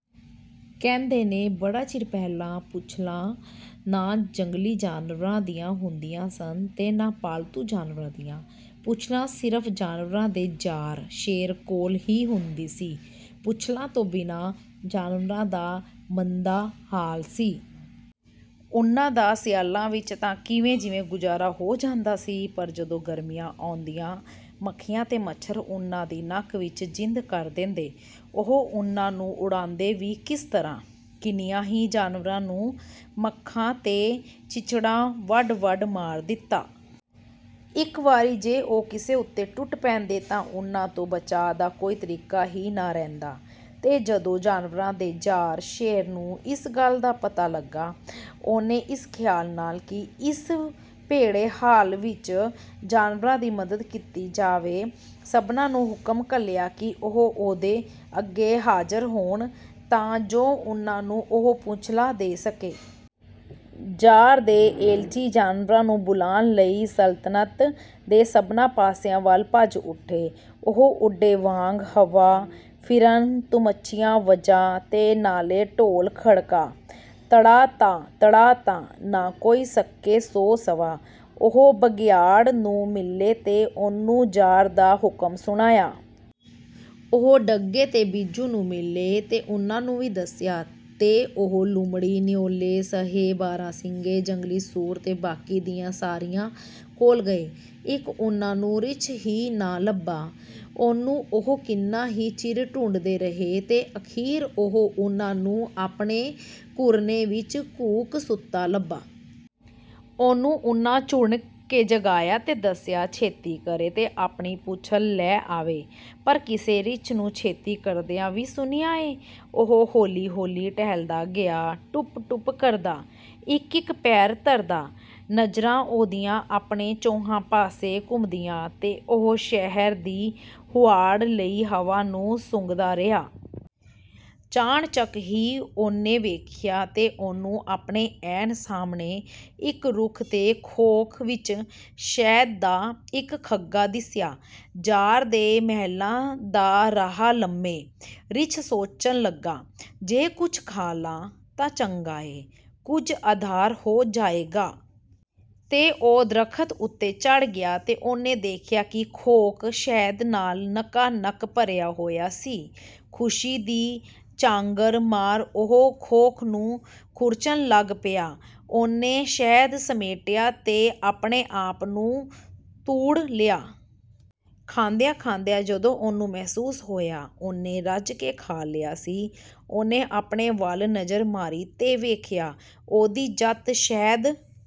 ਕਹਿੰਦੇ ਨੇ, ਬੜਾ ਚਿਰ ਪਹਿਲਾਂ ਪੂਛਲਾਂ ਨਾ ਜੰਗਲੀ ਜਾਨਵਰਾਂ ਦੀਆਂ ਹੁੰਦੀਆਂ ਸਨ ਤੇ ਨਾ ਪਾਲਤੂ ਜਾਨਵਰਾਂ ਦੀਆਂ। ਪੂਛਲ ਸਿਰਫ਼ ਜਾਨਵਰਾਂ ਦੇ ਜ਼ਾਰ, ਸ਼ੇਰ, ਕੋਲ ਹੀ ਹੁੰਦੀ ਸੀ। ਪੂਛਲਾਂ ਤੋਂ ਬਿਨਾਂ ਜਾਨਵਰਾਂ ਦਾ ਮੰਦਾ ਹਾਲ ਸੀ। ਉਹਨਾਂ ਦਾ ਸਿਆਲਾਂ ਵਿੱਚ ਤਾਂ ਜਿਵੇਂ-ਕਿਵੇਂ ਗੁਜ਼ਾਰਾ ਹੋ ਜਾਂਦਾ ਸੀ, ਪਰ ਜਦੋਂ ਗਰਮੀਆਂ ਆਉਂਦੀਆਂ, ਮੱਖੀਆਂ ਤੇ ਮੱਛਰ ਉਹਨਾਂ ਦੀ ਨੱਕ ਵਿੱਚ ਜਿੰਦ ਕਰ ਦੇਂਦੇ! ਉਹ ਉਹਨਾਂ ਨੂੰ ਉਡਾਂਦੇ ਵੀ ਕਿਸ ਤਰ੍ਹਾਂ? ਕਿੰਨਿਆਂ ਹੀ ਜਾਨਵਰਾਂ ਨੂੰ ਮੱਖਾਂ ਤੇ ਚਿੱਚੜਾਂ ਵੱਢ-ਵੱਢ ਮਾਰ ਦਿੱਤਾ! ਇੱਕ ਵਾਰੀ ਜੇ ਉਹ ਕਿਸੇ ਉਤੇ ਟੁੱਟ ਪੈਂਦੇ, ਤਾਂ ਉਹਨਾਂ ਤੋਂ ਬਚਾਅ ਦਾ ਕੋਈ ਤਰੀਕਾ ਹੀ ਨਾ ਰਹਿੰਦਾ। ਤੇ ਜਦੋਂ ਜਾਨਵਰਾਂ ਦੇ ਜ਼ਾਰ, ਸ਼ੇਰ, ਨੂੰ ਇਸ ਗੱਲ ਦਾ ਪਤਾ ਲੱਗਾ, ਉਹਨੇ ਇਸ ਖ਼ਿਆਲ ਨਾਲ ਕਿ ਇਸ ਭੈੜੇ ਹਾਲ ਵਿੱਚ ਜਾਨਵਰਾਂ ਦੀ ਮਦਦ ਕੀਤੀ ਜਾਵੇ, ਸਭਨਾਂ ਨੂੰ ਹੁਕਮ ਘੱਲਿਆ ਕਿ ਉਹ ਉਹਦੇ ਅੱਗੇ ਹਾਜ਼ਰ ਹੋਣ, ਤਾਂ ਜੋ ਉਹਨਾਂ ਨੂੰ ਉਹ ਪੂਛਲਾਂ ਦੇ ਸਕੇ। ਜ਼ਾਰ ਦੇ ਏਲਚੀ ਜਾਨਵਰਾਂ ਨੂੰ ਬੁਲਾਣ ਲਈ ਸਲਤਨਤ ਦੇ ਸਭਨਾਂ ਪਾਸਿਆਂ ਵੱਲ ਭੱਜ ਉੱਠੇ। ਉਹ ਉੱਡੇ ਵਾਂਗ ਹਵਾ, ਫਿਰਨ ਤੁਰਮਚੀਆਂ ਵਜਾ, ਤੇ ਨਾਲੇ ਢੋਲ ਖੜਕਾ, ਤੜਾ-ਤਾ, ਤੜਾ-ਤਾ! ਨਾ ਕੋਈ ਸਕੇ ਸੌ ਸਵਾ। ਉਹ ਬਘਿਆੜ ਨੂੰ ਮਿਲੇ ਤੇ ਉਹਨੂੰ ਜ਼ਾਰ ਦਾ ਹੁਕਮ ਸੁਣਾਇਆ। ਉਹ ਢੱਗੇ ਤੇ ਬਿੱਜੂ ਨੂੰ ਮਿਲੇ, ਤੇ ਉਹਨਾਂ ਨੂੰ ਵੀ ਦੱਸਿਆ। ਤੇ ਉਹ ਲੂੰਮੜੀ, ਨਿਉਲੇ, ਸਹੇ, ਬਾਰਾਂ-ਸਿੰਙੇ, ਜੰਗਲੀ ਸੂਰ ਤੇ ਬਾਕੀ ਦਿਆਂ ਸਾਰਿਆਂ ਕੋਲ ਗਏ। ਇੱਕ ਉਹਨਾਂ ਨੂੰ ਰਿੱਛ ਹੀ ਨਾ ਲੱਭਾ। ਉਹਨੂੰ ਉਹ ਕਿੰਨਾ ਹੀ ਚਿਰ ਢੂੰਡਦੇ ਰਹੇ, ਤੇ ਅਖ਼ੀਰ ਉਹ ਉਹਨਾਂ ਨੂੰ ਆਪਣੇ ਘੁਰਨੇ ਵਿੱਚ ਘੂਕ ਸੁੱਤਾ ਲੱਭਾ। ਉਹਨੂੰ ਉਹਨਾਂ ਝੂਣ ਕੇ ਜਗਾਇਆ ਤੇ ਦੱਸਿਆ, ਛੇਤੀ ਕਰੇ ਤੇ ਆਪਣੀ ਪੂਛਲ ਲੈ ਆਵੇ। ਪਰ ਕਿਸੇ ਰਿੱਛ ਨੂੰ ਛੇਤੀ ਕਰਦਿਆਂ ਵੀ ਸੁਣਿਆ ਏਂ! ਉਹ ਹੌਲੀ-ਹੌਲੀ ਟਹਿਲਦਾ ਗਿਆ, ਟੁਪ-ਟੁਪ ਕਰਦਾ, ਇੱਕ-ਇੱਕ ਪੈਰ ਧਰਦਾ; ਨਜ਼ਰਾਂ ਉਹਦੀਆਂ ਆਪਣੇ ਚੌਹਾਂ ਪਾਸੇ ਘੁੰਮਦੀਆਂ, ਤੇ ਉਹ ਸ਼ਹਿਦ ਦੀ ਹੁਆੜ ਲਈ ਹਵਾ ਨੂੰ ਸੁੰਘਦਾ ਰਿਹਾ। ਚਾਣਚਕ ਹੀ ਉਹਨੇ ਵੇਖਿਆ, ਤੇ ਉਹਨੂੰ ਆਪਣੇ ਐਨ ਸਾਹਮਣੇ, ਇਕ ਰੁੱਖ ਦੇ ਖੋਖ ਵਿੱਚ, ਸ਼ਹਿਦ ਦਾ ਇੱਕ ਖੱਗਾ ਦਿਸਿਆ। "ਜ਼ਾਰ ਦੇ ਮਹਿਲਾਂ ਦਾ ਰਾਹ ਲੰਮੈਂ," ਰਿੱਛ ਸੋਚਣ ਲੱਗਾ। "ਜੇ ਕੁਝ ਖਾ ਲਾਂ, ਤਾਂ ਚੰਗਾ ਏ, ਕੁਝ ਆਧਾਰ ਹੋ ਜਾਏਗਾ।" ਤੇ ਉਹ ਦਰਖ਼ਤ ਉਤੇ ਚੜ੍ਹ ਗਿਆ ਤੇ ਉਹਨੇ ਵੇਖਿਆ ਕਿ ਖੋਖ ਸ਼ਹਿਦ ਨਾਲ ਨਕਾ-ਨਕ ਭਰਿਆ ਹੋਇਆ ਸੀ! ਖੁਸ਼ੀ ਦੀ ਚਾਂਗਰ ਮਾਰ ਉਹ ਖੋਖ ਨੂੰ ਖੁਰਚਣ ਲੱਗ ਪਿਆ। ਉਹਨੇ ਸ਼ਹਿਦ ਸਮੇਟਿਆ ਤੇ ਆਪਣੇ ਆਪ ਨੂੰ ਤੂੜ ਲਿਆ। ਖਾਂਦਿਆਂ-ਖਾਂਦਿਆਂ ਜਦੋਂ ਉਹਨੂੰ ਮਹਿਸੂਸ ਹੋਇਆ, ਉਹਨੇ ਰੱਜ ਕੇ ਖਾ ਲਿਆ ਸੀ, ਉਹਨੇ ਆਪਣੇ ਵੱਲ ਨਜ਼ਰ ਮਾਰੀ ਤੇ ਵੇਖਿਆ, ਉਹਦੀ ਜੱਤ ਸ਼ਹਿਦ